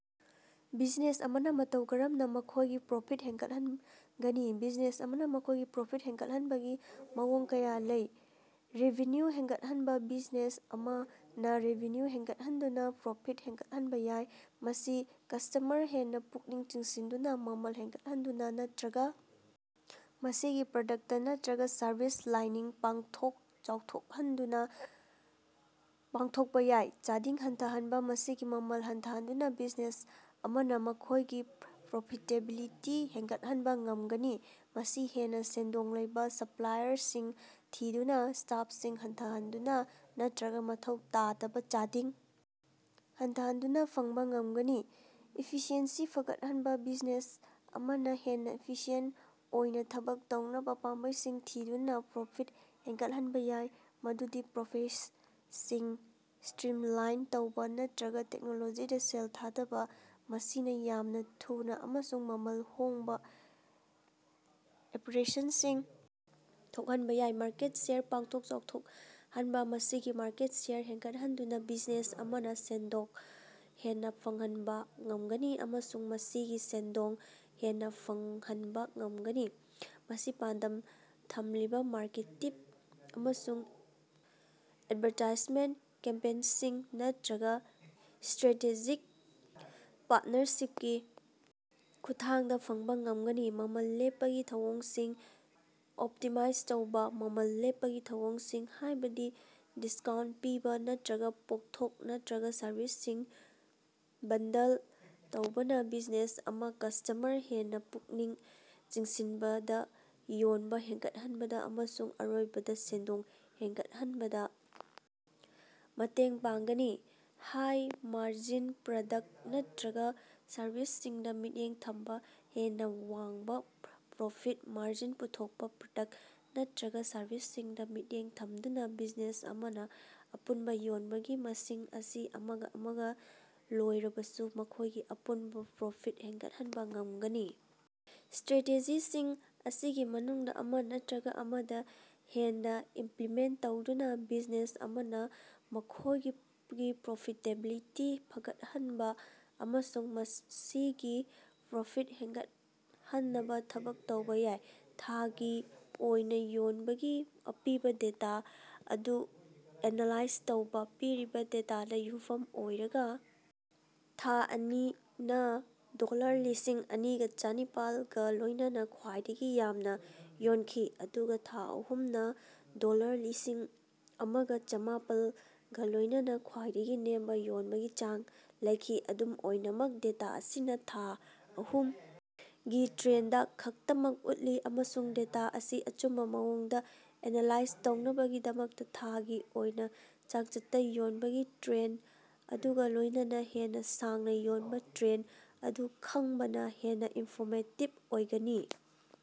Business ꯑꯃꯅ ꯃꯇꯧ ꯀꯔꯝꯅ ꯃꯈꯣꯏꯒꯤ ꯄ꯭ꯔꯣꯐꯤꯠ ꯍꯦꯟꯒꯠꯍꯟꯒꯅꯤ? ꯕꯤꯖꯤꯅꯦꯁ ꯑꯃꯅ ꯃꯈꯣꯏꯒꯤ ꯄ꯭ꯔꯣꯐꯤꯠ ꯍꯦꯟꯒꯠꯍꯟꯕꯒꯤ ꯃꯑꯣꯡ ꯀꯌꯥ ꯂꯩ - ꯔꯦꯚꯤꯅ꯭ꯌꯨ ꯍꯦꯟꯒꯠꯍꯟꯕ ꯕꯤꯖꯤꯅꯦꯁ ꯑꯃꯅ ꯔꯦꯚꯤꯅ꯭ꯌꯨ ꯍꯦꯟꯒꯠꯍꯟꯗꯨꯅ ꯄ꯭ꯔꯣꯐꯤꯠ ꯍꯦꯟꯒꯠꯍꯟꯕ ꯌꯥꯏ, ꯃꯁꯤ ꯀꯁ꯭ꯇꯃꯔ ꯍꯦꯟꯅ ꯄꯨꯛꯅꯤꯡ ꯆꯤꯡꯁꯤꯟꯗꯨꯅ, ꯃꯃꯜ ꯍꯦꯟꯒꯠꯍꯟꯗꯨꯅ ꯅꯠꯇꯔꯒ ꯃꯁꯤꯒꯤ ꯄ꯭ꯔꯗꯛꯇ ꯅꯠꯇꯔꯒ ꯁꯔꯕꯤꯁ ꯂꯥꯏꯟꯁꯤꯡ ꯄꯥꯛꯊꯣꯛ ꯆꯥꯎꯊꯣꯛꯍꯟꯗꯨꯅ ꯄꯥꯡꯊꯣꯛꯄ ꯌꯥꯏ꯫ ꯆꯥꯗꯤꯡ ꯍꯟꯊꯍꯟꯕ - ꯃꯁꯤꯒꯤ ꯃꯃꯜ ꯍꯟꯊꯍꯟꯗꯨꯅ ꯕꯤꯖꯤꯅꯦꯁ ꯑꯃꯅ ꯃꯈꯣꯏꯒꯤ ꯄ꯭ꯔꯣꯐꯤꯇꯦꯕꯤꯂꯤꯇꯤ ꯍꯦꯟꯒꯠꯍꯟꯕ ꯉꯝꯒꯅꯤ꯫ ꯃꯁꯤ ꯍꯦꯟꯅ ꯁꯦꯟꯗꯣꯡ ꯂꯩꯕꯥ ꯁꯞꯄ꯭ꯂꯥꯏꯌꯔꯁꯤꯡ ꯊꯤꯗꯨꯅ, ꯁ꯭ꯇꯥꯐꯁꯤꯡ ꯍꯟꯊꯍꯟꯗꯨꯅ ꯅꯠꯇꯔꯒ ꯃꯊꯧ ꯇꯥꯗꯕ ꯆꯥꯗꯤꯡ ꯍꯟꯊꯍꯟꯗꯨꯅ ꯐꯪꯕ ꯉꯝꯒꯅꯤ꯫ ꯏꯐꯤꯁꯤꯑꯦꯟꯁꯤ ꯐꯒꯠꯍꯟꯕ - ꯕꯤꯖꯤꯅꯦꯁ ꯑꯃꯅ ꯍꯦꯟꯅ ꯏꯐꯤꯁꯤꯌꯦꯟꯇ ꯑꯣꯏꯅ ꯊꯕꯛ ꯇꯧꯅꯕ ꯄꯥꯝꯕꯩꯁꯤꯡ ꯊꯤꯗꯨꯅ ꯄ꯭ꯔꯣꯐꯤꯠ ꯍꯦꯟꯒꯠꯍꯟꯕ ꯌꯥꯏ, ꯃꯗꯨꯗꯤ ꯄ꯭ꯔꯣꯁꯦꯁꯁꯤꯡ ꯁ꯭ꯇꯔꯤꯝꯂꯥꯏꯟ ꯇꯧꯕ‌ ꯅꯠꯇꯔꯒ ꯇꯦꯛꯅꯣꯂꯣꯖꯤꯗ ꯁꯦꯜ ꯊꯥꯗꯕ, ꯃꯁꯤꯅ ꯌꯥꯝꯅ ꯊꯨꯅ ꯑꯃꯁꯨꯡ ꯃꯃꯜ ꯍꯣꯡꯕ ꯑꯣꯄ꯭ꯔꯦꯁꯟꯁꯤꯡ ꯊꯣꯛꯍꯟꯕ ꯌꯥꯏ꯫ ꯃꯥꯔꯀꯦꯠ ꯁꯦꯌꯔ ꯄꯥꯛꯊꯣꯛ ꯆꯥꯎꯊꯣꯛꯍꯟꯕ - ꯃꯁꯤꯒꯤ ꯃꯥꯔꯀꯦꯠ ꯁꯦꯌꯔ ꯍꯦꯟꯒꯠꯍꯟꯗꯨꯅ ꯕꯤꯖꯤꯅꯦꯁ ꯑꯃꯅ ꯁꯦꯟꯊꯣꯛ ꯍꯦꯟꯅ ꯐꯪꯍꯟꯕ ꯉꯝꯒꯅꯤ ꯑꯃꯁꯨꯡ ꯃꯁꯤꯒꯤ ꯁꯦꯟꯗꯣꯡ ꯍꯦꯟꯅ ꯐꯪꯍꯟꯕ ꯉꯝꯒꯅꯤ꯫ ꯃꯁꯤ ꯄꯥꯟꯗꯝ ꯊꯝꯂꯤꯕ ꯃꯥꯔꯀꯦꯇꯤꯡ ꯑꯃꯁꯨꯡ ꯑꯦꯗꯚꯥꯔꯇꯥꯏꯖꯃꯦꯟꯇ ꯀꯦꯝꯄꯦꯟꯁꯤꯡ ꯅꯠꯇꯔꯒ ꯁ꯭ꯇꯔꯦꯇꯦꯖꯤꯛ ꯄꯥꯔꯇꯅꯔꯁꯤꯞꯀꯤ ꯈꯨꯠꯊꯥꯡꯗ ꯐꯪꯕ ꯉꯝꯒꯅꯤ꯫ ꯃꯃꯜ ꯂꯦꯞꯄꯒꯤ ꯊꯧꯑꯣꯡꯁꯤꯡ ꯑꯣꯞꯇꯤꯃꯥꯏꯖ ꯇꯧꯕ - ꯃꯃꯜ ꯂꯦꯞꯄꯒꯤ ꯊꯧꯑꯣꯡꯁꯤꯡ, ꯍꯥꯏꯕꯗꯤ ꯗꯤꯁꯀꯥꯎꯟꯇ ꯄꯤꯕ ꯅꯠꯇꯔꯒ ꯄꯣꯠꯊꯣꯛ ꯅꯠꯇꯔꯒ ꯁꯔꯚꯤꯁꯁꯤꯡ ꯕꯟꯗꯜ ꯇꯧꯕꯅ ꯕꯤꯖꯤꯅꯦꯁ ꯑꯃꯅ ꯀꯁ꯭ꯇꯃꯔ ꯍꯦꯟꯅ ꯄꯨꯛꯅꯤꯡ ꯆꯤꯡꯁꯤꯟꯕꯗ, ꯌꯣꯟꯕ ꯍꯦꯟꯒꯠꯍꯟꯕꯗ ꯑꯃꯁꯨꯡ ꯑꯔꯣꯏꯕꯗ ꯁꯦꯟꯗꯣꯡ ꯍꯦꯟꯒꯠꯍꯟꯕꯗ ꯃꯇꯦꯡ ꯄꯥꯡꯒꯅꯤ꯫ ꯍꯥꯏ-ꯃꯥꯔꯖꯤꯟ ꯄ꯭ꯔꯗꯛꯇ ꯅꯠꯇꯔꯒ ꯁꯔꯕꯤꯁꯁꯤꯡꯗ ꯃꯤꯠꯌꯦꯡ ꯊꯝꯕ - ꯍꯦꯟꯅ ꯋꯥꯡꯕ ꯄ꯭ꯔꯣꯐꯤꯠ ꯃꯥꯔꯖꯤꯟ ꯄꯨꯊꯣꯛꯄ ꯄ꯭ꯔꯗꯛꯇ ꯅꯠꯇꯔꯒ ꯁꯔꯕꯤꯁꯁꯤꯡꯗ ꯃꯤꯠꯌꯦꯡ ꯊꯝꯗꯨꯅ, ꯕꯤꯖꯤꯅꯦꯁ ꯑꯃꯅ ꯑꯄꯨꯟꯕ ꯌꯣꯟꯕꯒꯤ ꯃꯁꯤꯡ ꯑꯁꯤ ꯑꯃꯒ ꯑꯃꯒ ꯂꯣꯏꯔꯕꯁꯨ ꯃꯈꯣꯏꯒꯤ ꯑꯄꯨꯟꯕ ꯄ꯭ꯔꯣꯐꯤꯠ ꯍꯦꯟꯒꯠꯍꯟꯕ ꯉꯝꯒꯅꯤ꯫ ꯁ꯭ꯇꯔꯦꯇꯦꯖꯤꯁꯤꯡ ꯑꯁꯤꯒꯤ ꯃꯅꯨꯡꯗ ꯑꯃ ꯅꯠꯇꯔꯒ ꯑꯃꯗꯒꯤ ꯍꯦꯟꯕ ꯏꯝꯄ꯭ꯂꯤꯃꯦꯟꯇ ꯇꯧꯗꯨꯅ ꯕꯤꯖꯤꯅꯦꯁ ꯑꯃꯅ ꯃꯈꯣꯏꯒꯤ ꯄ꯭ꯔꯣꯐꯤꯇꯦꯕꯤꯂꯤꯇꯤ ꯐꯒꯠꯍꯟꯅꯕ ꯑꯃꯁꯨꯡ ꯃꯁꯤꯒꯤ ꯄ꯭ꯔꯣꯐꯤꯠ ꯍꯦꯟꯒꯠꯍꯟꯅꯕ ꯊꯕꯛ ꯇꯧꯕ ꯌꯥꯏ꯫ ꯊꯥꯒꯤ ꯑꯣꯏꯅ ꯌꯣꯟꯕꯒꯤ ꯑꯄꯤꯕ ꯗꯦꯇꯥ ꯑꯗꯨ ꯑꯦꯅꯥꯂꯥꯏꯖ ꯇꯧꯕ꯫ ꯄꯤꯔꯤꯕ ꯗꯦꯇꯥꯗ ꯌꯨꯝꯐꯝ ꯑꯣꯏꯔꯒ‌ ꯊꯥ ꯑꯅꯤ ꯅꯥ ꯗꯣꯂꯔ ꯂꯤꯁꯤꯡ ꯑꯅꯤꯒ ꯆꯅꯤꯄꯥꯜ ꯒꯥ ꯂꯣꯏꯅꯅ ꯈ꯭ꯋꯥꯏꯗꯒꯤ ꯌꯥꯝꯅ ꯌꯣꯟꯈꯤ, ꯑꯗꯨꯒ ꯊꯥ ꯑꯍꯨꯝ ꯅꯥ ꯗꯣꯂꯔ ꯂꯤꯁꯤꯜ ꯑꯃꯒ ꯆꯃꯥꯄꯜ ꯒꯥ ꯂꯣꯏꯅꯅ ꯈ꯭ꯋꯥꯏꯗꯒꯤ ꯅꯦꯝꯕ ꯌꯣꯟꯕꯒꯤ ꯆꯥꯡ ꯂꯩꯈꯤ꯫ ꯑꯗꯨꯝ ꯑꯣꯏꯅꯃꯛ, ꯗꯦꯇꯥ ꯑꯁꯤꯅ ꯊꯥ ꯑꯍꯨꯝ ꯒꯤ ꯇ꯭ꯔꯦꯟꯗ ꯈꯛꯇꯃꯛ ꯎꯠꯂꯤ ꯑꯃꯁꯨꯡ ꯗꯦꯇꯥ ꯑꯁꯤ ꯑꯆꯨꯝꯕ ꯃꯑꯣꯡꯗ ꯑꯦꯅꯥꯂꯥꯏꯖ ꯇꯧꯅꯕꯒꯤꯗꯃꯛꯇ ꯊꯥꯒꯤ ꯑꯣꯏꯅ ꯆꯥꯡꯆꯠꯇ ꯌꯣꯟꯕꯒꯤ ꯇ꯭ꯔꯦꯟꯗ ꯑꯗꯨꯒ ꯂꯣꯏꯅꯅ ꯍꯦꯟꯅ ꯁꯥꯡꯅ ꯌꯣꯟꯕ ꯇ꯭ꯔꯦꯟꯗ ꯑꯗꯨ ꯈꯪꯕꯅ ꯍꯦꯟꯅ ꯏꯟꯐꯣꯔꯃꯦꯇꯤꯕ ꯑꯣꯏꯒꯅꯤ꯫